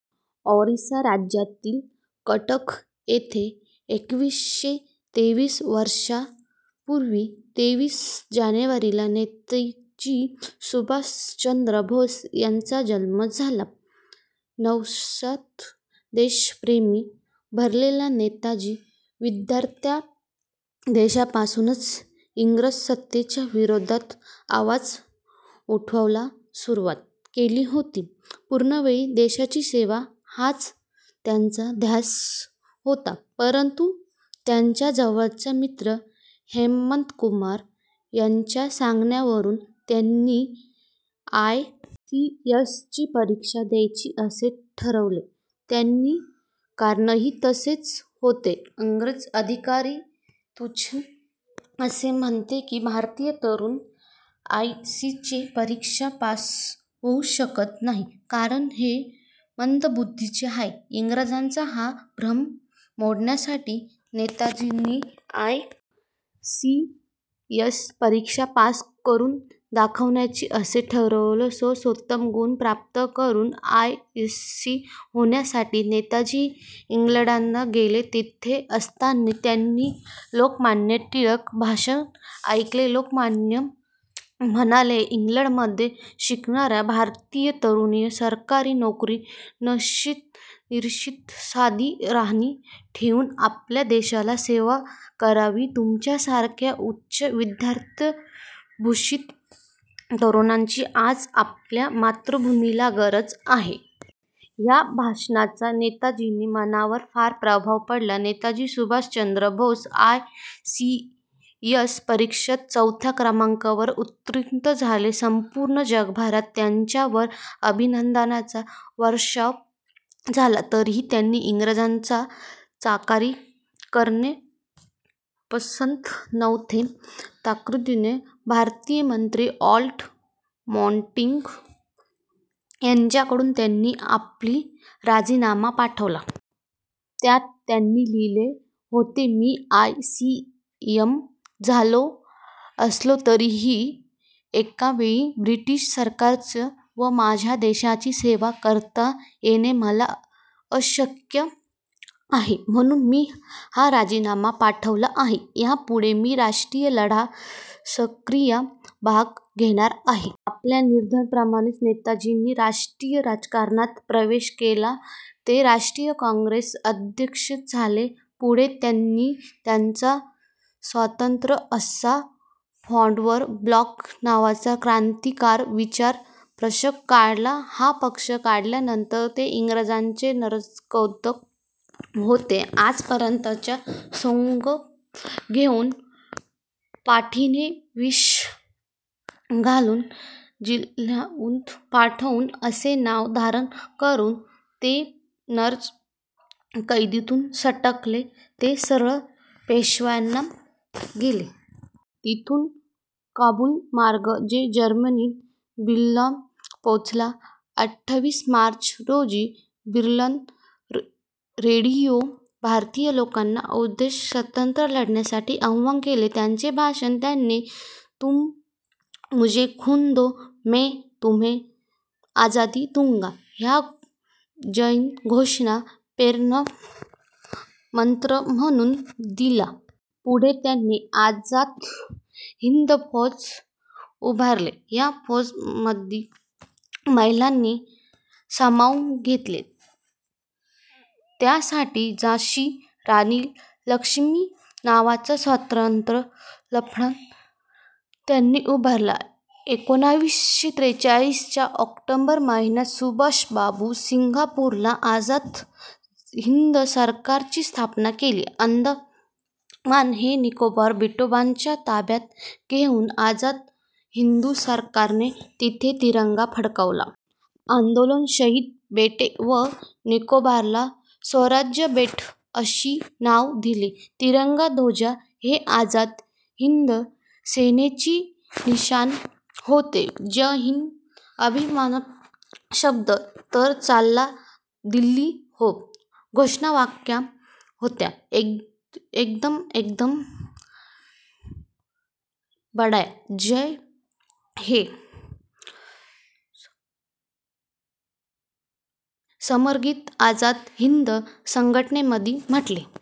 ओरिसा राज्यातील कटक येथे एकशे तेवीस वर्षांपूर्वी तेवीस जानेवारीला नेताजी सुभाषचंद्र बोस यांचा जन्म झाला. नसानसांत देशप्रेम भरलेल्या नेताजींनी विद्यार्थिदशेपासूनच इंग्रज सत्तेच्या विरोधात आवाज उठवायला सुरुवात केली होती. पूर्णवेळ देशसेवा हाच त्यांचा ध्यास होता, परंतु त्यांचा जवळचा मित्र हेमंतकुमार यांच्या सांगण्यावरून त्यांनी आय. सी. एस. ची परीक्षा द्यायची असे ठरवले. त्याला कारणही तसेच होते. इंग्रज अधिकारी तुच्छतेने असे म्हणत की, भारतीय तरुण आयसीएसची परीक्षा पास होऊ शकत नाहीत, कारण ते मंदबुद्धीचे आहेत. इंग्रजांचा हा भ्रम मोडण्यासाठी नेताजींनी आय. सी. एस. परीक्षा पास करूनच दाखवायची असे ठरवले. सर्वोत्तम गुण प्राप्त करून आयसीएस होण्यासाठी नेताजी इंग्लंडला गेले. तिथे असताना त्यांनी लोकमान्य टिळकांचे भाषण ऐकले. लोकमान्य म्हणाले, इंग्लंडमध्ये शिकणाऱ्या भारतीय तरुणांनी सरकारी नोकरीत न शिरता साधी राहणी ठेवून आपल्या देशाची सेवा करावी तुमच्यासारख्या उच्चविद्याविभूषित तरुणांची आज आपल्या मातृभूमीला गरज आहे. या भाषणाचा नेताजींच्या मनावर फार प्रभाव पडला. Netaji Subhashchandra Bose I. C. S. परीक्षेत चौथ्या क्रमांकाने उत्तीर्ण झाले. संपूर्ण जगभरातून त्यांच्यावर अभिनंदनाचा वर्षाव झाला, तरी त्यांना इंग्रजांची चाकरी करणे पसंत नव्हते. तत्कालीन भारतमंत्री लॉर्ड माँटिग्यू यांच्याकडे त्यांनी आपला राजीनामा पाठवला. त्यात त्यांनी लिहिले होते मी आय. सी. एस. झालो असलो तरी एकाच वेळी ब्रिटिश सरकारची व माझ्या देशाची सेवा करता येणे मला अशक्य आहे, म्हणून मी हा राजीनामा पाठवला आहे. यापुढे मी राष्ट्रीय लढ्यात सक्रिय भाग घेणार आहे. आपल्या निर्धाराप्रमाणेच नेताजींनी राष्ट्रीय राजकारणात प्रवेश केला. ते राष्ट्रीय काँग्रेसचे अध्यक्षही झाले. पुढे त्यांनी त्यांचा स्वतंत्र असा फॉरवर्ड ब्लॉक नावाचा क्रांतिकारी विचारांचा पक्ष काढला. हा पक्ष काढल्यानंतर ते इंग्रजांच्या नजरकैदेत होते. आजारपणाचे सोंग घेऊन पठाणी वेष घालून, जियाउद्दीन पठाण असे नाव धारण करून ते नजरकैदेतून सटकले, ते सरळ पेशावरला गेले. तिथून काबूल मार्गे ते जर्मनीत बर्लिनला पोहोचले. अठ्ठावीस मार्च रोजी त्यांनी बर्लिन रेडिओवरून भारतीय लोकांना उद्देशून स्वातंत्र्यलढ्याचे आव्हान केले. याच भाषणात त्यांनी, तुम मुझे खून दो मैं तुम्हें आजादी दूंगा हा जयघोष प्रेरकमंत्र म्हणून दिला. पुढे त्यांनी आझाद हिंद फौज उभारली. या फौजेत महिलांनाही सामावून घेतले. त्यासाठी झाशी राणी लक्ष्मी नावाची स्वतंत्र फलटण त्यांनी उभारली. एकोणीसशे त्रेचाळीस च्या ऑक्टोबर महिन्यात सुभाषबाबूंनी सिंगापूरला आझाद हिंद सरकारची स्थापना केली. अंदमान व निकोबार बेटांचा ताबा घेऊन आझाद हिंद सरकारने तेथे तिरंगा फडकवला. अंदमानला शहीद बेट व निकोबारला स्वराज्य बेट अशी नावे दिली. तिरंगा ध्वज हे आझाद हिंद सेनेचे निशाण होते. जय हिंद हे अभिवादनाचे शब्द, तर चलो दिल्ली हे घोषवाक्य होते. कदम कदम बढाये जा. हे समरगीत आझाद हिंद संघटनेमध्ये म्हटले